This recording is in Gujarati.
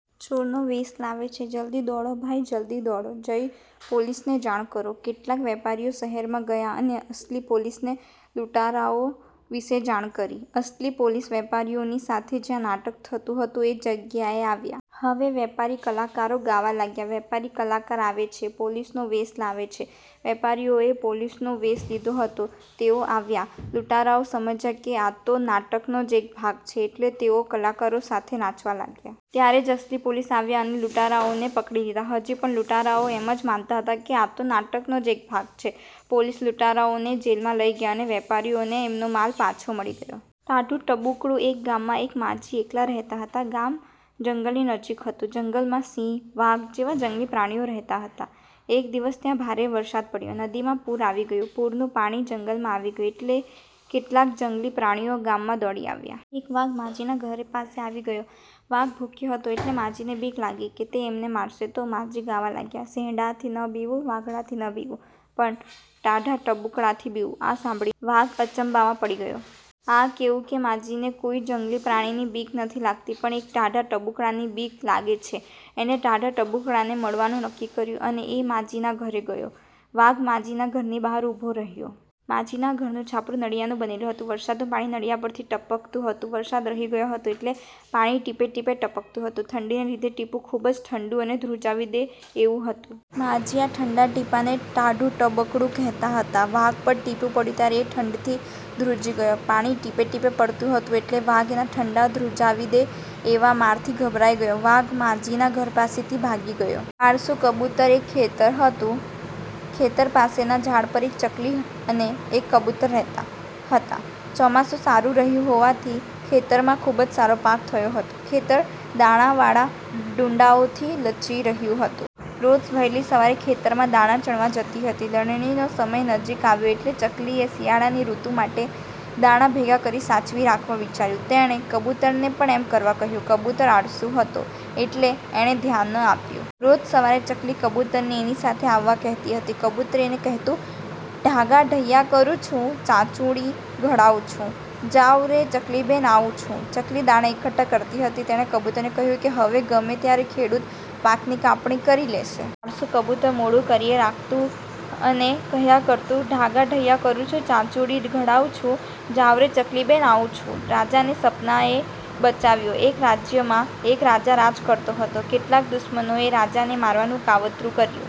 ચોરનો વેશ લાવે છે. જલ્દી દોડો ભાઈ જલ્દી દોડો, જઈ પોલીસને જાણ કરો". કેટલાક વેપારીઓ શહેરમાં ગયા અને અસલી પોલીસને લૂંટારાઓ વિષે જાણ કરી. અસલી પોલીસ વેપારીઓની સાથે જયાં નાટક થતું હતું એ જગ્યાએ આવ્યા. હવે વેપારી કલાકારો ગાવા લાગ્યા: "વેપારી કલાકાર આવે છે. પોલીસનો વેશ લાવે છે". વેપારીઓએ પોલીસનો વેશ લીધો હતો તેઓ આવ્યા. લૂંટારાઓ સમજ્યા કે આ તો નાટકનો જ એક ભાગ છે એટલે તેઓ કલાકારો સાથે નાચવા લાગ્યા. ત્યારે જ અસલી પોલીસ આવ્યા અને લૂંટારાઓને પકડી લીધા. હજી પણ લૂંટારાઓ એમ જ માનતા હતા કે આ તો નાટકનો જ એક ભાગ છે! પોલીસ લૂંટારાઓને જેલમાં લઇ ગયા અને વેપારીઓને એમનો માલ પાછો મળી ગયો. ટાઢું ટબુકડું એક ગામમાં એક માજી એકલાં રહેતાં હતાં. ગામ જંગલની નજીક હતું. જંગલમાં સિંહ, વાઘ જેવા જંગલી પ્રાણીઓ રહેતા હતા. એક દિવસ ત્યાં ભારે વરસાદ પડ્યો. નદીમાં પૂર આવી ગયું. પૂરનું પાણી જંગલમાં આવી ગયું એટલે કેટલાક જંગલી પ્રાણીઓ ગામમાં દોડી આવ્યા. એક વાઘ માજીના ઘર પાસે આવી ગયો. વાઘ ભૂખ્યો હતો એટલે માજીને બીક લાગીકે તે એમને મારશે તો? માજી ગાવા લાગ્યાં: સિંહડાથી ન બીવું, વાઘડાથી ન બીવું, પણ ટાઢા ટબુકડાથી બીવું". આ સાંભળીને વાઘ અચંબામાં પડી ગયો. આ કેવું કે માજીને કોઈ જંગલી પ્રાણીની બીક નથી લાગતી પણ એક ટાઢા ટબુકડાની બીક લાગે છે? એણે ટાઢા ટબુકડાને મળવાનું નક્કી કર્યું અને એ માજીના ઘરે ગયો. વાઘ માજીના ઘરની બહાર ઊભો રહ્યો. માજીના ઘરનું છાપરું નળિયાનું બનેલું હતું. વરસાદનું પાણી નળિયા પરથી ટપકતું હતું. વરસાદ રહી ગયો હતો એટલે પાણી ટીપે ટીપે ટપકતું હતું. ઠંડીને લીધે ટીપું ખુબ જ ઠંડુ અને ધ્રુજાવી દે એવું હતું. માજી આ ઠંડા ટીપાંને ટાઢું ટબુકડું કહેતાં હતાં. વાઘ પર ટીપું પડ્યું ત્યારે એ ઠંડીથી ધ્રુજી ગયો. પાણી ટીપે ટીપે પડતું હતું એટલે વાઘ એના ઠંડા, ધ્રુજાવી દે એવા મારથી ગભરાઈ ગયો. વાઘ માજીના ઘર પાસેથી ભાગી ગયો. આળસુ કબૂતર એક ખેતર હતું. ખેતર પાસેના ઝાડ પર એક ચકલી અને એક કબૂતર રહેતાં હતાં. ચોમાસું સારું રહ્યું હોવાથી ખેતરમાં ખુબ જ સારો પાક થયો હતો. ખેતર દાણા વાળા ડૂંડાઓથી લચી રહ્યું હતું. ચકલી રોજ વહેલી સવારે ખેતરમાં દાણા ચણવા જતી હતી. લણણી નો સમય નજીક આવ્યો એટલે ચકલીએ શિયાળાની ઋતુ માટે દાણા ભેગા કરી સાચવી રાખવા વિચાર્યું. તેણે કબૂતરને પણ એમ કરવા કહ્યું. કબૂતર આળસુ હતું એટલે એણે ધ્યાન ન આપ્યું. રોજ સવારે ચકલી કબૂતરને એની સાથે આવવા કહેતી હતી. કબૂતર એને કહેતું: "ઠાગા ઠૈયા કરું છું.. ચાંચુડી ઘડાવું છું... જાવ રે ચકલીબેન આવું છું.. " ચકલી દાણા એકઠા કરતી હતી. તેણે કબૂતરને કહ્યું કે હવે ગમે ત્યારે ખેડૂત પાકની કાપણી કરી લેશે. પણ આળસુ કબૂતર મોડું કર્યે રાખતું અને કહ્યા કરતું: "ઠાગા ઠૈયા કરું છું.. ચાંચુડી ઘડાવું છું... જાવ રે ચકલીબેન આવું છું.. " રાજાને સપનાએ બચાવ્યો!! એક રાજ્યમાં એક રાજા રાજ કરતો હતો. કેટલાક દુશ્મનોએ રાજાને મારવાનું કાવતરું કર્યું.